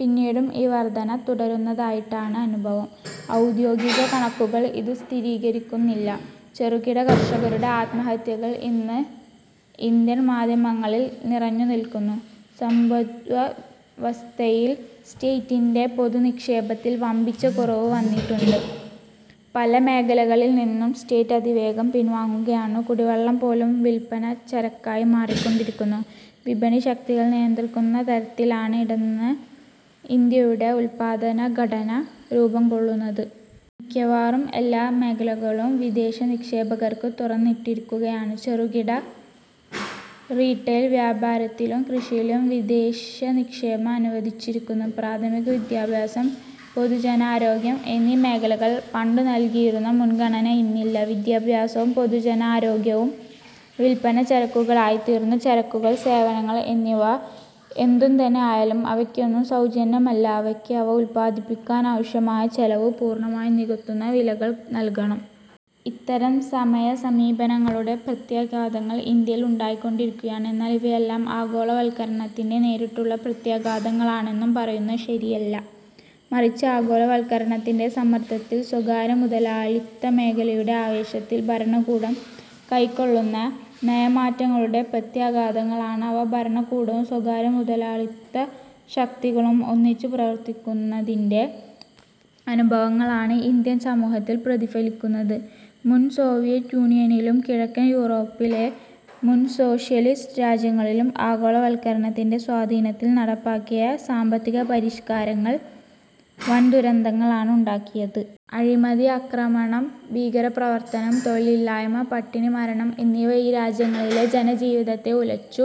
പിന്നീടും ഈ വർധന തുടരുന്നതായിട്ടാണ് അനുഭവം. ഔദ്യോഗികകണക്കുകൾ ഇതു സ്ഥിരീകരിക്കുന്നില്ല. ചെറുകിടകർഷകരുടെ ആത്മഹത്യകൾ ഇന്ന് ഇന്ത്യൻ മാധ്യമങ്ങളിൽ നിറഞ്ഞുനില്ക്കുന്നു. സമ്പദ്വ്യവസ്ഥയിലെ സ്റ്റേറ്റിന്റെ പൊതുനിക്ഷേപത്തിൽ വമ്പിച്ച കുറവു വന്നിട്ടുണ്ട്. പല മേഖലകളിൽനിന്നും സ്റ്റേറ്റ് അതിവേഗം പിൻവാങ്ങുകയാണ്. കുടിവെള്ളംപോലും വില്പനച്ചരക്കായി മാറിക്കൊണ്ടിരിക്കുന്നു. വിപണി ശക്തികൾ നിയന്ത്രിക്കുന്നതരത്തിലാണ് ഇന്ന് ഇന്ത്യയുടെ ഉത്പാദനഘടന രൂപംകൊള്ളുന്നത്. മിക്കവാറും എല്ലാ മേഖലകളും വിദേശനിക്ഷേപകർക്ക് തുറന്നിട്ടിരിക്കുകയാണ്. ചെറുകിട റീട്ടെയിൽ വ്യാപാരത്തിലും കൃഷിയിലും വിദേശനിക്ഷേപം അനുവദിച്ചിരിക്കുന്നു. പ്രാഥമികവിദ്യാഭ്യാസം പൊതുജനാരോഗ്യം എന്നീ മേഖലകൾക്ക് പണ്ടു നൽകിയിരുന്ന മുൻഗണന ഇന്നില്ല. വിദ്യാഭ്യാസവും പൊതുജനാരോഗ്യവും വില്പനച്ചരക്കുകളായിത്തീർന്നു. ചരക്കുകൾ, സേവനങ്ങൾ എന്നിവ എന്തുതന്നെ ആയാലും അവയൊന്നും സൌജന്യമല്ല. അവയ്ക്ക് അവ ഉത്പാദിപ്പിക്കാനാവശ്യമായ ചെലവു പൂർണമായി നികത്തുന്ന വിലകൾ നൽകണം. ഇത്തരം നയസമീപനങ്ങളുടെ പ്രത്യാഘാതങ്ങൾ ഇന്ത്യയിൽ ഉണ്ടായിക്കൊണ്ടിരിക്കുകയാണ്. എന്നാൽ ഇവയെല്ലാം ആഗോളവത്കരണത്തിന്റെ നേരിട്ടുള്ള പ്രത്യാഘാതങ്ങളാണെന്നു പറയുന്നത് ശരിയല്ല. മറിച്ച്, ആഗോളവത്കരണത്തിന്റെ സമ്മർദത്തിൽ സ്വകാര്യമുതലാളിത്തമേഖലയുടെ ആവേശത്തിൽ ഭരണകൂടം കൈക്കൊള്ളുന്ന നയമാറ്റങ്ങളുടെ പ്രത്യാഘാതങ്ങളാണ് അവ. ഭരണകൂടവും സ്വകാര്യമുതലാളിത്തശക്തികളും ഒന്നിച്ചു പ്രവർത്തിക്കുന്നതിന്റെ അനുഭവങ്ങളാണ് ഇന്ത്യൻ സമൂഹത്തിൽ പ്രതിഫലിക്കുന്നത്. മുൻസോവിയറ്റ് യൂണിയനിലും കിഴക്കൻ യൂറോപ്പിലെ മുൻസോഷ്യലിസ്റ്റ് രാജ്യങ്ങളിലും ആഗോളവത്കരണത്തിന്റെ സ്വാധീനത്തിൽ നടപ്പാക്കിയ സാമ്പത്തികപരിഷ്കാരങ്ങൾ വൻദുരന്തങ്ങളാണ് ഉണ്ടാക്കിയത്. അഴിമതി, അക്രമം, ഭീകരപ്രവർത്തനം, തൊഴിലില്ലായ്മ, പട്ടിണിമരണം എന്നിവ ഈ രാജ്യങ്ങളിലെ ജനജീവിതത്തെ ഉലച്ചു.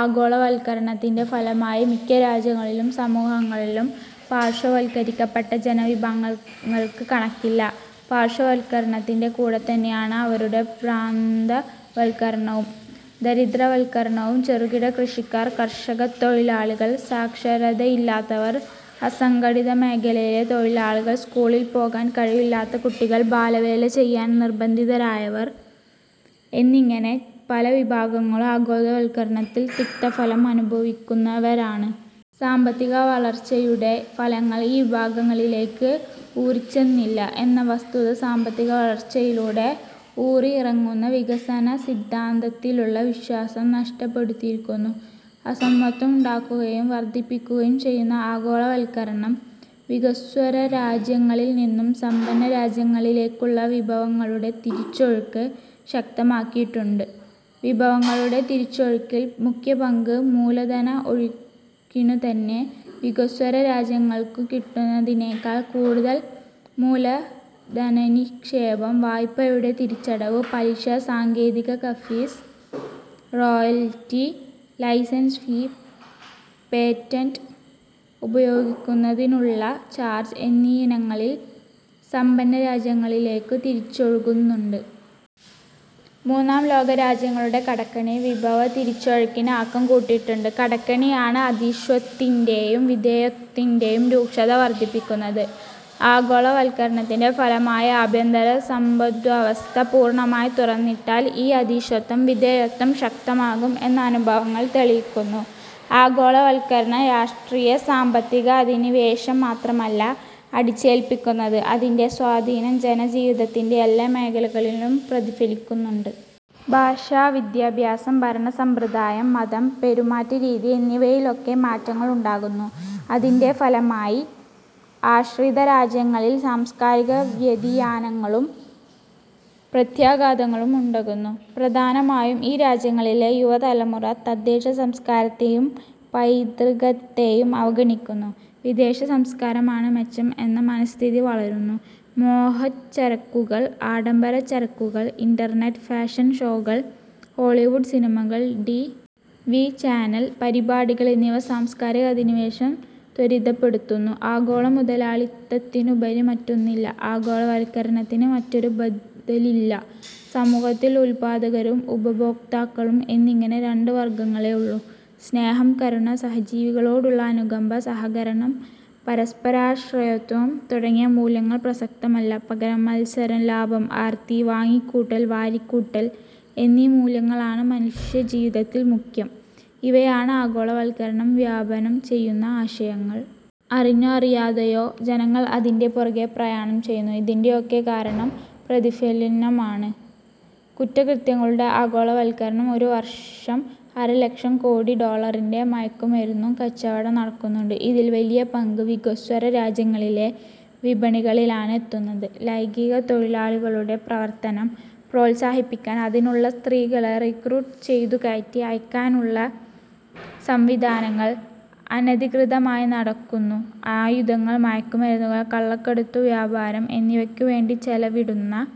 ആഗോളവത്കരണത്തിന്റെ ഫലമായി മിക്ക രാജ്യങ്ങളിലും സമൂഹങ്ങളിലും പാർശ്വവത്കരിക്കപ്പെട്ട ജനവിഭാഗങ്ങൾക്ക് കണക്കില്ല. പാർശ്വവത്കരണത്തിന്റെ കൂടെത്തന്നെയാണ് അവരുടെ പ്രാന്തവത്കരണവും, ദരിദ്രവത്കരണവും. ചെറുകിടകൃഷിക്കാർ, കർഷകത്തൊഴിലാളികൾ, സാക്ഷരതയില്ലാത്തവർ, അസംഘടിതമേഖലയിലെ തൊഴിലാളികൾ, സ്കൂളിൽപോകാൻ കഴിവില്ലാത്ത കുട്ടികൾ, ബാലവേല ചെയ്യാൻ നിർബന്ധിതരായവർ എന്നിങ്ങനെ പല വിഭാഗങ്ങളും ആഗോളവത്കരണത്തിന്റെ തിക്തഫലം അനുഭവിക്കുന്നവരാണ്. സാമ്പത്തിക വളർച്ചയുടെ ഫലങ്ങൾ ഈ വിഭാഗങ്ങളിലേക്ക് ഊറിച്ചെന്നില്ല എന്ന വസ്തുത "സാമ്പത്തികവളർച്ചയിലൂടെ ഊറിഇറങ്ങുന്ന വികസനസിദ്ധാന്തത്തിലുള്ള വിശ്വാസം നഷ്ടപ്പെടുത്തിയിരിക്കുന്നു. അസമത്വം ഉണ്ടാക്കുകയും വർധിപ്പിക്കുകയും ചെയ്യുന്ന ആഗോളവത്കരണം വികസ്വരരാജ്യങ്ങളിൽനിന്നും സമ്പന്നരാജ്യങ്ങളിലേക്കുള്ള വിഭവങ്ങളുടെ തിരിച്ചൊഴുക്ക് ശക്തമാക്കിയിട്ടുണ്ട്. വിഭവങ്ങളുടെ തിരിച്ചൊഴുക്കിൽ മുഖ്യപങ്ക് മൂലധനഒഴുക്കിനുതന്നെ. വികസ്വരരാജ്യങ്ങൾക്കു കിട്ടുന്നതിനെക്കാൾ കൂടുതൽ മൂലധനനിക്ഷേപം, വായ്പയുടെ തിരിച്ചടവ്, പലിശ, സാങ്കേതികഫീസ്, റോയൽറ്റി, ലൈസൻസ് ഫീ, പേറ്റന്റ് ഉപയോഗിക്കുന്നതിനുള്ള ചാർജ് എന്നീയിനങ്ങളിൽ സമ്പന്നരാജ്യങ്ങളിലേക്കു തിരിച്ചൊഴുകുന്നുണ്ട്. മൂന്നാം ലോകരാജ്യങ്ങളുടെ കടക്കെണി വിഭവതിരിച്ചൊഴുക്കിന് ആക്കം കൂട്ടിയിട്ടുണ്ട്. കടക്കെണിയാണ് അധീശത്വത്തിന്റെയും വിധേയത്വത്തിന്റെയും രൂക്ഷത വർധിപ്പിക്കുന്നത്. ആഗോളവത്കരണത്തിന്റെ ഫലമായി ആഭ്യന്തരസമ്പദ്വ്യവസ്ഥ പൂർണമായി തുറന്നിട്ടാൽ ഈ അധീശത്വവും വിധേയത്വവും ശക്തമാകും എന്ന് അനുഭവങ്ങൾ തെളിയിക്കുന്നു. ആഗോളവത്കരണം രാഷ്ട്രീയ-സാമ്പത്തിക അധിനിവേശം മാത്രമല്ല അടിച്ചേൽപ്പിക്കുന്നത്. അതിന്റെ സ്വാധീനം ജനജീവിതത്തിന്റെ എല്ലാ മേഖലകളിലും പ്രതിഫലിക്കുന്നുണ്ട്. ഭാഷ, വിദ്യാഭ്യാസം, ഭരണസമ്പ്രദായം, മതം, പെരുമാറ്റരീതി എന്നിവയിലൊക്കെ മാറ്റങ്ങൾ ഉണ്ടാകുന്നു. അതിന്റെ ഫലമായി ആശ്രിതരാജ്യങ്ങളിൽ സാംസ്കാരിക വ്യതിയാനങ്ങളും പ്രത്യാഘാതങ്ങളും ഉണ്ടകുന്നു. പ്രധാനമായും ഈ രാജ്യങ്ങളിലെ യുവതലമുറ തദ്ദേശസംസ്കാരത്തെയും പൈതൃകത്തെയും അവഗണിക്കുന്നു. വിദേശസംസ്കാരമാണ് മെച്ചം എന്ന മനഃസ്ഥിതി വളരുന്നു. മോഹച്ചരക്കുകൾ, ആഡംബരച്ചരക്കുകൾ, ഇന്റർനെറ്റ്, ഫാഷൻഷോകൾ, ഹോളിവുഡ് സിനിമകൾ, ടി. വി. ചാനൽ പരിപാടികൾ എന്നിവ സാംസ്കാരിക അധിനിവേശം ത്വരിതപ്പെടുത്തുന്നു. ആഗോളമുതലാളിത്തത്തിനുപരി മറ്റൊന്നില്ല; ആഗോളവത്കരണത്തിന് മറ്റൊരു ബദലില്ല; സമൂഹത്തിൽ ഉത്പാദകരും ഉപഭോക്താക്കളും എന്നിങ്ങനെ രണ്ട് വർഗങ്ങളെയുള്ളൂ; സ്നേഹം, കരുണ, സഹജീവികളോടുള്ള അനുകമ്പ, സഹകരണം, പരസ്പരാശ്രയത്വം തുടങ്ങിയ മൂല്യങ്ങൾ പ്രസക്തമല്ല; പകരം, മത്സരം, ലാഭം, ആർത്തി, വാങ്ങിക്കൂട്ടൽ, വാരിക്കൂട്ടൽ എന്നീ മൂല്യങ്ങളാണ് മനുഷ്യജീവിതത്തിൽ മുഖ്യം ഇവയാണ് ആഗോളവത്കരണം വ്യാപനം ചെയ്യുന്ന ആശയങ്ങൾ. അറിഞ്ഞോ അറിയാതെയോ ജനങ്ങൾ അതിന്റെ പുറകെ പ്രയാണം ചെയ്യുന്നു. ഇതിന്റെയൊക്കെ മറ്റൊരു പ്രതിഫലനമാണു കുറ്റകൃത്യങ്ങളുടെ ആഗോളവത്കരണം. ഒരുവർഷം അരലക്ഷം കോടിഡോളറിന്റെ മയക്കുമരുന്നു കച്ചവടം നടക്കുന്നുണ്ട്. ഇതിൽ വലിയ പങ്ക് വികസ്വര രാജ്യങ്ങളിലെ വിപണികളിലാണ് എത്തുന്നത്. ലൈംഗികത്തൊഴിലാളികളുടെ പ്രവർത്തനം പ്രോത്സാഹിപ്പിക്കാൻ അതിനുള്ള സ്ത്രീകളെ റിക്രൂട്ടു ചെയ്തുകയറ്റി അയയ്ക്കാനുള്ള സംവിധാനങ്ങൾ അനധികൃതമായി നടക്കുന്നു. ആയുധങ്ങൾ, മയക്കുമരുന്നുകൾ, കള്ളക്കടത്തു വ്യാപാരം എന്നിവയ്ക്കുവേണ്ടി ചെലവിടുന്ന